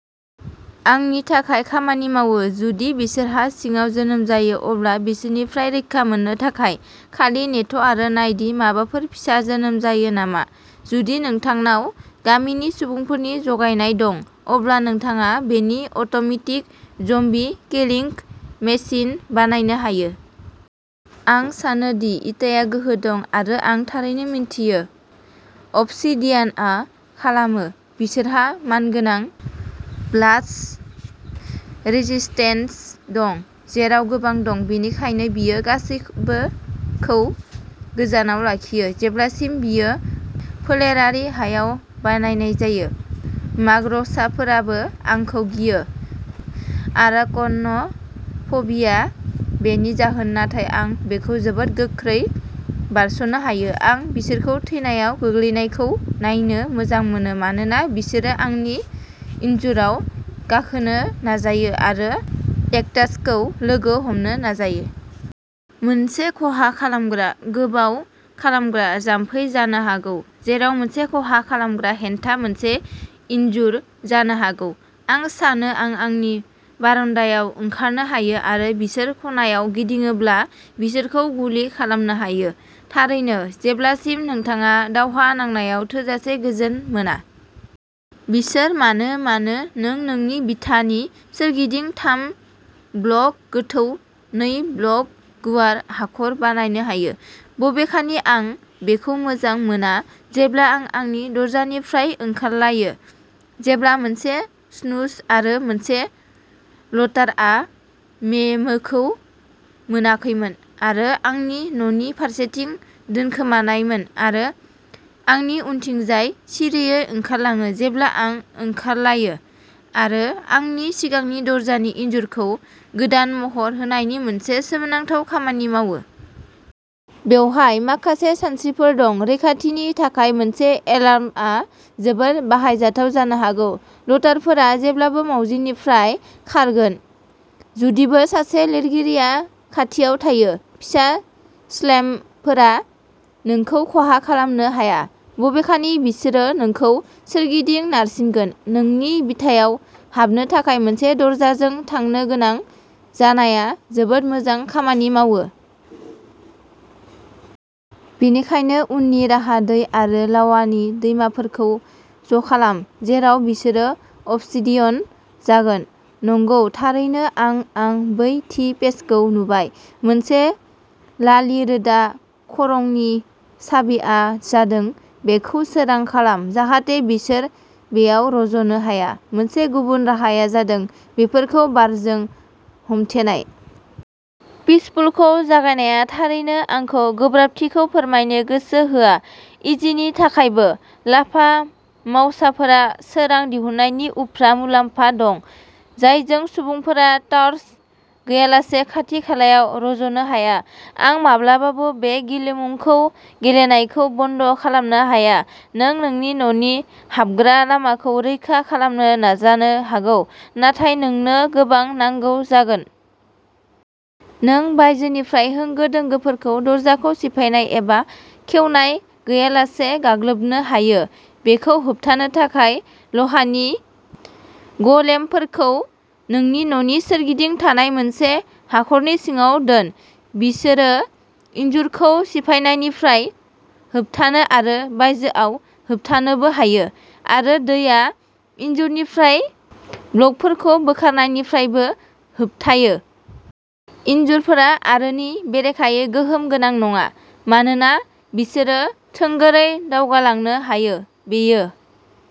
आंनि थाखाय खामानि मावो। जुदि बिसोर हा सिङाव जोनोम जायो अब्ला बिसोरनिफ्राय रैखा मोननो थाखाय, खालि नेथ'आरो नाय दि माबाफोर फिसा जोनोम जायो नामा। जुदि नोंथांनाव गामिनि सुबुंफोरनि जगायनाय दं, अब्ला नोंथाङा मोनसे अट'मेटिक ज'म्बी किलिंग मेसिन बानायनो हायो। आं सानो दि इटाया गोहो दं, आरो आं थारैनो मिथियो अबसिडियानआ खालामो। बिसोरहा मानगोनां ब्लास्ट रेजिस्टेन्स दं, जेराव गोबां दं। बेनिखायनो, बेयो गासैबोखौ गोजानाव लाखियो, जेब्लासिम बेयो फोलेरारि हायाव बानायनाय जायो। माकड़साफोराबो आंखौ गियो, आराकन'फबिया बेनि जाहोन नाथाय आं बेखौ जोबोद गोख्रै बारस'नो हायो, आं बिसोरखौ थैनायाव गोग्लैनायखौ नायनो मोजां मोनो मानोना बिसोरो आंनि इनजुराव गाखोनो नाजायो आरो केक्टासखौ लोगो हमनो नाजायो। मोनसे खहा खालामग्रा गोबाव खालामग्रा जामफै जानो हागौ; जेराव मोनसे खहा खालामग्रा हेंथा मोनसे इनजुर जानो हागौ। आं सानो आं आंनि बारान्दायाव ओंखारनो हायो आरो बिसोर खनायाव गिदिंबोयोब्ला बिसोरखौ गुलि खालामनो हायो। थारैनो, जेब्लासिम नोंथाङा दावहा नांनायाव थोजासे गोजोन मोना। बिसोर मानो मानो, नों नोंनि बिथानि सोरगिदिं थाम ब्लक गोथौ, नै ब्लक गुवार हाखर बानायनो हायो। बबेखानि, आं बेखौ मोजां मोना जेब्ला आं आंनि दरजानिफ्राय ओंखारलायो जेब्ला मोनसे स्नुज आरो मोनसे लतारआ मेमोखौ मोनाखैमोन आरो आंनि न'नि फारसेथिं दोनखोमानायमोन आरो आंनि उनथिंजाय सिरियै ओंखारलाङो जेब्ला आं ओंखारलायो आरो आंनि सिगांनि दरजानि इनजुरखौ गोदान महर होनायनि मोनसे सोमोनांथाव खामानि मावो। बेवहाय माखासे सानस्रिफोर दङः रैखाथिनि थाखाय मोनसे एलार्मआ जोबोद बाहायजाथाव जानो हागौ। लतारफोरा जेब्लाबो मावजिफोरनिफ्राय खारगोन, जुदिबो सासे गेलेगिरिया खाथियाव थायो। फिसा स्लाइमफोरा नोंखौ खहा खालामनो हाया, बबेखानि बिसोरो नोंखौ सोरगिदिं नारसिगोन। नोंनि बिथायाव हाबनो थाखाय मोनसे दरजाजों थांनो गोनां जानाया जोबोद मोजां खामानि मावो। बेनिखायनो, उननि राहाः-दै आरो लावानि दैमाफोरखौ ज'खालाम, जेराव बिसोरो अबसिडियन जागोन। नंगौ, थारैनो, आं आं बै थि पेजखौ नुबाय। मोनसे लालि-रोदा खरंनि साबिआ जादोंः बेखौ सोरां खालाम जाहाथे बिसोर बेयाव रज'नो हाया। मोनसे गुबुन राहाया जादों बेफोरखौ बारजों हमथेनाय। पिसफुलखौ जागायनाया थारैनो आंखौ गोब्राबथिखौ फोरमायनो गोसो होआ, इजिनि थाखायबो। लाभा-मावसाफोरा सोरां दिहुननायनि उफ्रा मुलाम्फा दं, जायजों सुबुंफोरा टार्च गैयालासे खाथि-खालायाव रज'नो हाया। आं माब्लाबाबो बे गेलेमुखौ गेलेनायखौ बन्द खालामनो हाया! नों नोंनि न'नि हाबग्रा लामाखौ रैखा खालामनो नाजानो हागौ, नाथाय नोंनो गोबां नांगौ जागोन। नों बायजोनिफ्राय होंगो दोंगोफोरखौ दरजाखौ सिफायनाय एबा खेवनाय गैयालासे गाग्लोबनो हायो। बेखौ होबथानो थाखाय, लहानि ग'लेमफोरखौ नोंनि न'नि सोरगिदिं थानाय मोनसे हाखरनि सिङाव दोन। बिसोरो इनजुरखौ सिफायनायनिफ्राय होबथानो आरो बायजोआव होबथानोबो हायो, आरो दैया इनजुरनिफ्राय ब्लकफोरखौ बोखारनायनिफ्रायबो होबथायो। इनजुरफोरा आरोनि बेरेखायै गोहोम गोनां नङा, मानोना बिसोरो थोंगोरै दावगालांनो हायो। बेयो